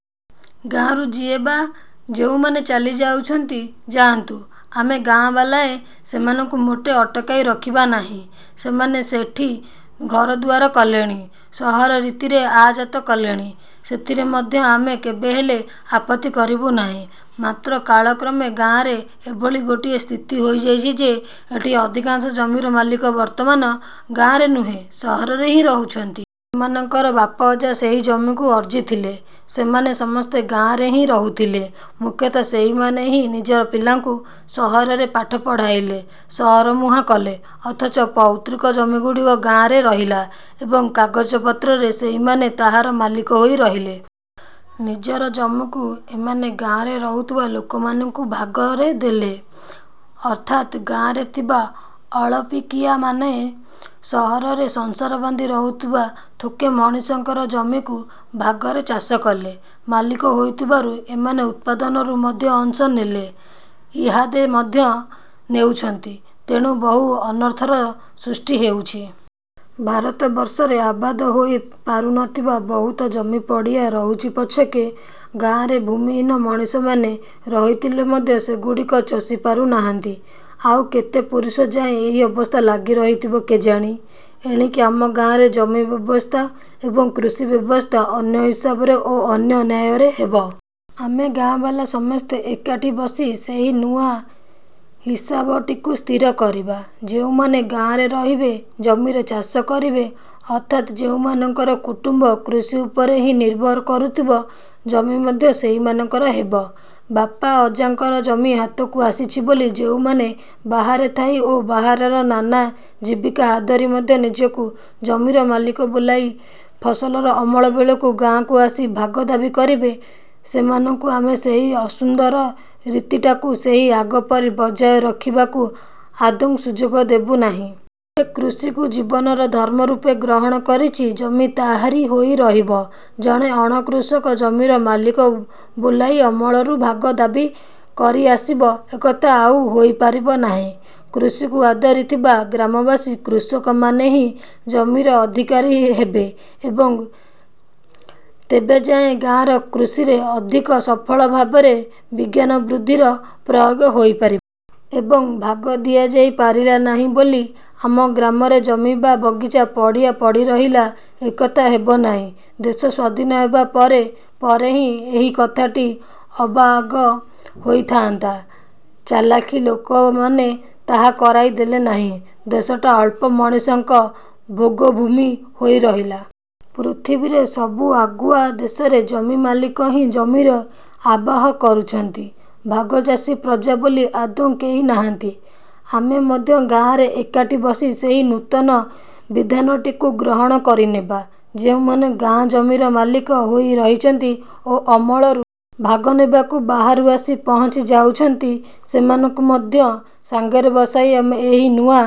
ଗାଆଁରୁ ଯିଏ ବା ଯେଉଁମାନେ ଚାଲି ଯାଉଛନ୍ତି ଯାଆନ୍ତୁ। ଆମେ ଗାଆଁବାଲାଏ ସେମାନଙ୍କୁ ମୋଟେ ଅଟକାଇ ରଖିବା ନାହିଁ। ସେମାନେ ସେଠି ଘରଦୁଆର କଲେଣି, ସହର ରୀତିରେ ଆତଯାତ ହେଲେଣି। ସେଥିରେ ମଧ୍ୟ ଆମେ କେବେହେଲେ, ଆପତ୍ତି କରିବୁ ନାହିଁ। ମାତ୍ର କାଳକ୍ରମେ ଗାଆଁରେ ଏଭଳି ଗୋଟିଏ ସ୍ଥିତି ହୋଇଯାଇଛି ଯେ, ଏଠି ଅଧିକାଂଶ ଜମିର ମାଲିକ ବର୍ତ୍ତମାନ ଗାଆଁରେ ନୁହେଁ, ସହରରେ ହିଁ ରହୁଛନ୍ତି। ସେମାନଙ୍କର ବାପା ଅଜା ସେହି ଜମିକୁ ଅର୍ଜିଥିଲେ; ସେମାନେ ସମସ୍ତେ ଗାଆଁରେ ହିଁ ରହୁଥିଲେ। ମୁଖ୍ୟତଃ ସେଇମାନେ ହିଁ ନିଜର ପିଲାଙ୍କୁ ସହରରେ ପାଠ ପଢ଼ାଇଲେ, ସହରମୁହାଁ କଲେ। ଅଥଚ ପୈତୃକ ଜମିଗୁଡ଼ିକ ଗାଆଁରେ ରହିଲା ଏବଂ କାଗଜପତ୍ରରେ ସେଇମାନେ ତାହାର ମାଲିକ ହୋଇ ରହିଲେ। ନିଜର ଜମିକୁ ଏମାନେ ଗାଆଁରେ ରହୁଥିବା ଲୋକମାନଙ୍କୁ ଭାଗରେ ଦେଲେ। ଅର୍ଥାତ୍, ଗାଆଁରେ ଥିବା ଅଳପିକିଆମାନେ ସହରରେ ସଂସାର ବାନ୍ଧି ରହୁଥିବା ଥୋକେ ମଣିଷଙ୍କର ଜମିକୁ ଭାଗରେ ଚାଷ କଲେ। ମାଲିକ ହୋଇଥିବାରୁ ଏମାନେ ଉତ୍ପାଦନରୁ ମଧ୍ୟ ଅଂଶ ନେଲେ,- ଇହାଦେ ମଧ୍ୟ ନେଉଛନ୍ତି। ଏଣୁ ବହୁ ଅନର୍ଥର ସୃଷ୍ଟି ହେଉଛି। ଭାରତବର୍ଷରେ ଆବାଦ ହୋଇ ପାରୁନଥିବା ବହୁତ ଜମି ପଡ଼ିଆ ରହୁଛି ପଛକେ, ଗାଆଁରେ ଭୂମିହୀନ ମଣିଷମାନେ ରହିଥିଲେ ମଧ୍ୟ ସେଗୁଡ଼ିକ ଚଷି ପାରୁନାହାନ୍ତି। ଆଉ କେତେ ପୁରୁଷଯାଏ ଏହି ଅବସ୍ଥା ଲାଗି ରହିଥିବ କେଜାଣି? ଏଣିକି ଆମ ଗାଆଁରେ ଜମି ବ୍ୟବସ୍ଥା ଏବଂ କୃଷି ବ୍ୟବସ୍ଥା ଅନ୍ୟ ହିସାବରେ ଓ ଅନ୍ୟ ନ୍ୟାୟରେ ହେବ। ଆମେ ଗାଆଁବାଲା ସମସ୍ତେ ଏକାଠି ବସି ସେହି ନୂଆ ହିସାବଟିକୁ ସ୍ଥିର କରିବା-। ଯେଉଁମାନେ ଗାଆଁରେ ରହିବେ, ଜମିର ଚାଷ କରିବେ, ଅର୍ଥାତ୍ ଯେଉଁମାନଙ୍କର କୁଟୁମ୍ବ କୃଷି ଉପରେ ହିଁ ନିର୍ଭର କରୁଥିବ, ଜମି ମଧ୍ୟ ସେହିମାନଙ୍କର ହେବ। ବାପା ଅଜାଙ୍କ ଜମି ହାତକୁ ଆସିଛି ବୋଲି ଯେଉଁମାନେ ବାହାରେ ଥାଇ ଓ ବାହାରର ନାନା ଜୀବିକା ଆଦରି ମଧ୍ୟ ନିଜକୁ ଜମିର ମାଲିକ ବୋଲାଇ ଫସଲର ଅମଳ ବେଳକୁ ଗାଆଁକୁ ଆସି ଭାଗ ଦାବି କରିବେ, ସେମାନଙ୍କୁ ଆମେ ସେହି ଅସୁନ୍ଦର ରୀତିଟାକୁ ସେହି ଆଗପରି ବଜାୟ ରଖିବାକୁ ଆଦୌ ସୁଯୋଗ ଦେବୁ ନାହିଁ। ଯିଏ କୃଷିକୁ ଜୀବନର ଧର୍ମ ରୂପେ ଗ୍ରହଣ କରିଛି, ଜମି ତାହାରି ହୋଇ ରହିବ। ଜଣେ ଅଣକୃଷକ ଜମିର ମାଲିକ ବୋଲାଇ ଅମଳରୁ ଭାଗ ଦାବି କରିଆସିବ, ଏକଥା ଆଉ ହୋଇପାରିବ ନାହିଁ। କୃଷିକୁ ଆଦରି ଥିବା ଗ୍ରାମବାସୀ କୃଷକମାନେ ହିଁ ଜମିର ଅଧିକାରୀ ହେବେ ଏବଂ ତେବେଯାଇ ଗାଁର କୃଷିରେ ଅଧିକ ସଫଳ ଭାବରେ ବିଜ୍ଞାନବୁଦ୍ଧିର ପ୍ରୟୋଗ ହୋଇପାରିବ,। ଏବଂ ଭାଗ ଦିଆଯାଇ ପାରିଲା ନାହିଁ ବୋଲି ଆମ ଗାଆଁରେ ଜମି ବା ବଗିଚା ପଡ଼ିଆ ପଡ଼ି ରହିଲା, ଏକଥା ହେବନାହିଁ। ଦେଶ ସ୍ଵାଧୀନ ହେବା ପରେ ପରେ ହିଁ ଏହି କଥାଟି ସବାଆଗ ହୋଇଥାଆନ୍ତା। ଚଲାଖି ଲୋକମାନେ ତାହା କରାଇ ଦେଲେନାହିଁ। ଦେଶଟା ଅଳପ ମଣିଷଙ୍କର ଭୋଗଭୂମି ହୋଇ ରହିଲା। ପୃଥିବୀରେ, ସବୁ ଆଗୁଆ ଦେଶରେ ଜମିମାଲିକ ହିଁ ଜମିର ଆବାହ କରୁଛନ୍ତି- ଭାଗଚାଷୀ ପ୍ରଜା ବୋଲି ଆଦୌ କେହି ନାହାନ୍ତି। ଆମେ ମଧ୍ୟ ଗାଆଁରେ ଏକାଠି ବସି ସେହି ନୂତନ ବିଧାନଟିକୁ ଗ୍ରହଣ କରିନେବା। ଯେଉଁମାନେ ଗାଆଁ ଜମିର ମାଲିକ ହୋଇ ରହିଛନ୍ତି ଓ ଅମଳରୁ ଭାଗ ନେବାକୁ ବାହାରୁ ଆସି ପହଞ୍ଚି ଯାଉଛନ୍ତି, ସେମାନଙ୍କୁ ମଧ୍ୟ ସାଙ୍ଗରେ ବସାଇ ଆମେ ଏହି ନୂଆ